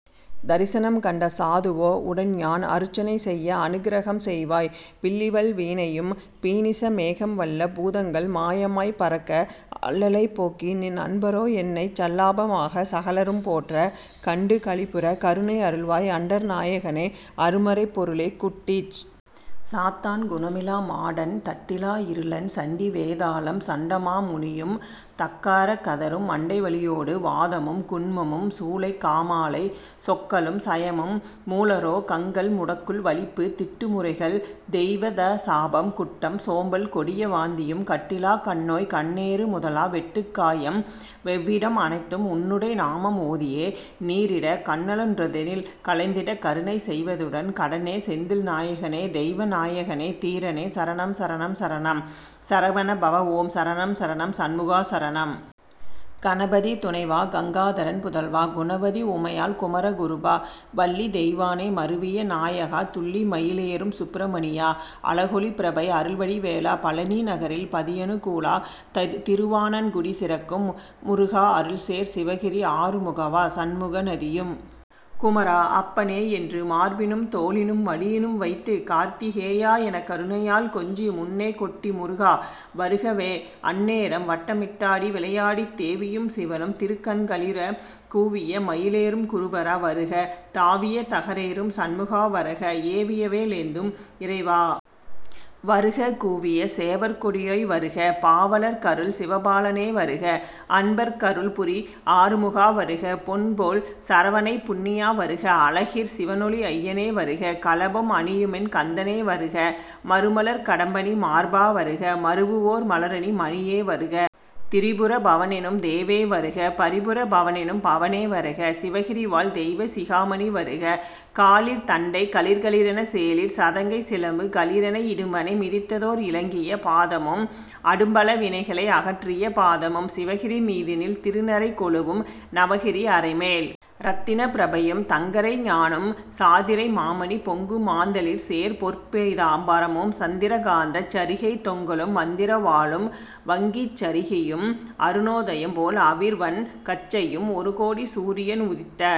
தரிசனம் கண்ட சாதுவோ உடன்யான் அருச்சனை செய்ய அனுக்ரகம் செய்வாய் பில்லிவல் வினையும் பீனிச மேகம் வல்ல பூதங்கள் மாயமாய்ப் பறக்க அல்லலைப் போக்கிநின் அன்பரொ என்னைச் சல்லாப மாகச் சகலரும் போற்ற கண்டு களிப்புறக் கருணை அருள்வாய் அண்டர் நாயகனே அருமறைப் பொருளே குட்டிச் சாத்தான் குணமிலா மாடன் தட்டிலா இருளன் சண்டிவே தாளம் சண்டமா முனியும் தக்கராக் கதரும் மண்டை வலியொடு வாதமும் குன்மமும் சூலைகா மாலை சொக்கலும் சயமும் மூலரோ கங்கள் முடக்குள் வலிப்பு திட்டு முறைகள் தெய்வத சாபம் குட்டம் சோம்பல் கொடிய வாந்தியும் கட்டிலாக் கண்ணோய் கண்ணேறு முதலா வெட்டுக் காயம் வெவ்விடம் அனைத்தும் உன்னுடை நாமம் ஓதியே நீறிடக் கன்னலொன் றதனில் களைந்திடக் கருணை செய்வதுடன் கடனே செந்தில் நாயகனே தெய்வநா யகனே தீரனே சரணம் சரணம் சரணம் சரஹண பவஓம் சரணம் சரணம் சண்முகா சரணம்! கணபதி துணைவா கங்காதரன் புதல்வா குணவதி உமையாள் குமர குருபரா வள்ளிதெய் வானை மருவிய நாயகா துள்ளிமயி லேறும் சுப்பிர மணியா அழகொளிப் பிரபை அருள்வடி வேலா பழநி நகரில் பதியனு கூலா திருவா வினன்குடி சிறக்கும் முருகா அருள்சேர் சிவகிரி ஆறு முகவா சண்முகநதியும் குமரா! அப்பனே! என்று மார்பினும் தோளினும் மடியினும் வைத்துக் கார்த்திகே யாஎனக் கருணையால் கொஞ்சி முன்னே கொட்டி முருகா! வருகவென் அந்நேரம் வட்டமிட்டாடி விளையாடித் தேவியும் சிவனும் திருக்கண் களிரக் கூவிய மயிலேறும் குருபரா வருக தாவிய தகரேறும் சண்முகா வருக ஏவியவே லேந்தும் இறைவா வருக கூவிய சேவற் கொடியோய் வருக பாவலர்க் கருள்சிவ பாலனே வருக அன்பர்க் கருள்புரி ஆறுமுகா வருக பொன்போல் சரவணைப் புண்ணியா வருக அழகிற் சிவனொளி அய்யனே வருக கலபம் அணியுமென் கந்தனே வருக மருமலர்க் கடம்பணி மார்பா வருக மருவுவோர் மலரணி மணியே வருக திரிபுர பவனெனும் தேவே வருக பரிபுர பவனெனும் பவனே வருக சிவகிரி வாழ்தெய்வ சிகாமணி வருக காலிற் தண்டை கலீர் கலீரென சேலிற்சதங்கை சிலம்பு கலீரென இடும்பனை மிதித்ததோர் இலங்கிய பாதமும் அடும்பல வினைகளை அகற்றிய பாதமும் சிவகிரி மீதினில் திருநிறை கொலுவும் நவகிரி அரைமேல் இரத்தினப் பிரபையும் தங்கரை ஞாணும் சாதிரை மாமணி பொங்குமாந் தளிர்சேர் பொற்பீதாம் பரமும் சந்திர காந்தச் சரிகைத் தொங்கலும் மந்திரவாளும் வங்கிச் சரிகையும் அருணோ தயம்போல் அவிர்வன் கச்சையும் ஒருகோடி சூரியன் உதித்த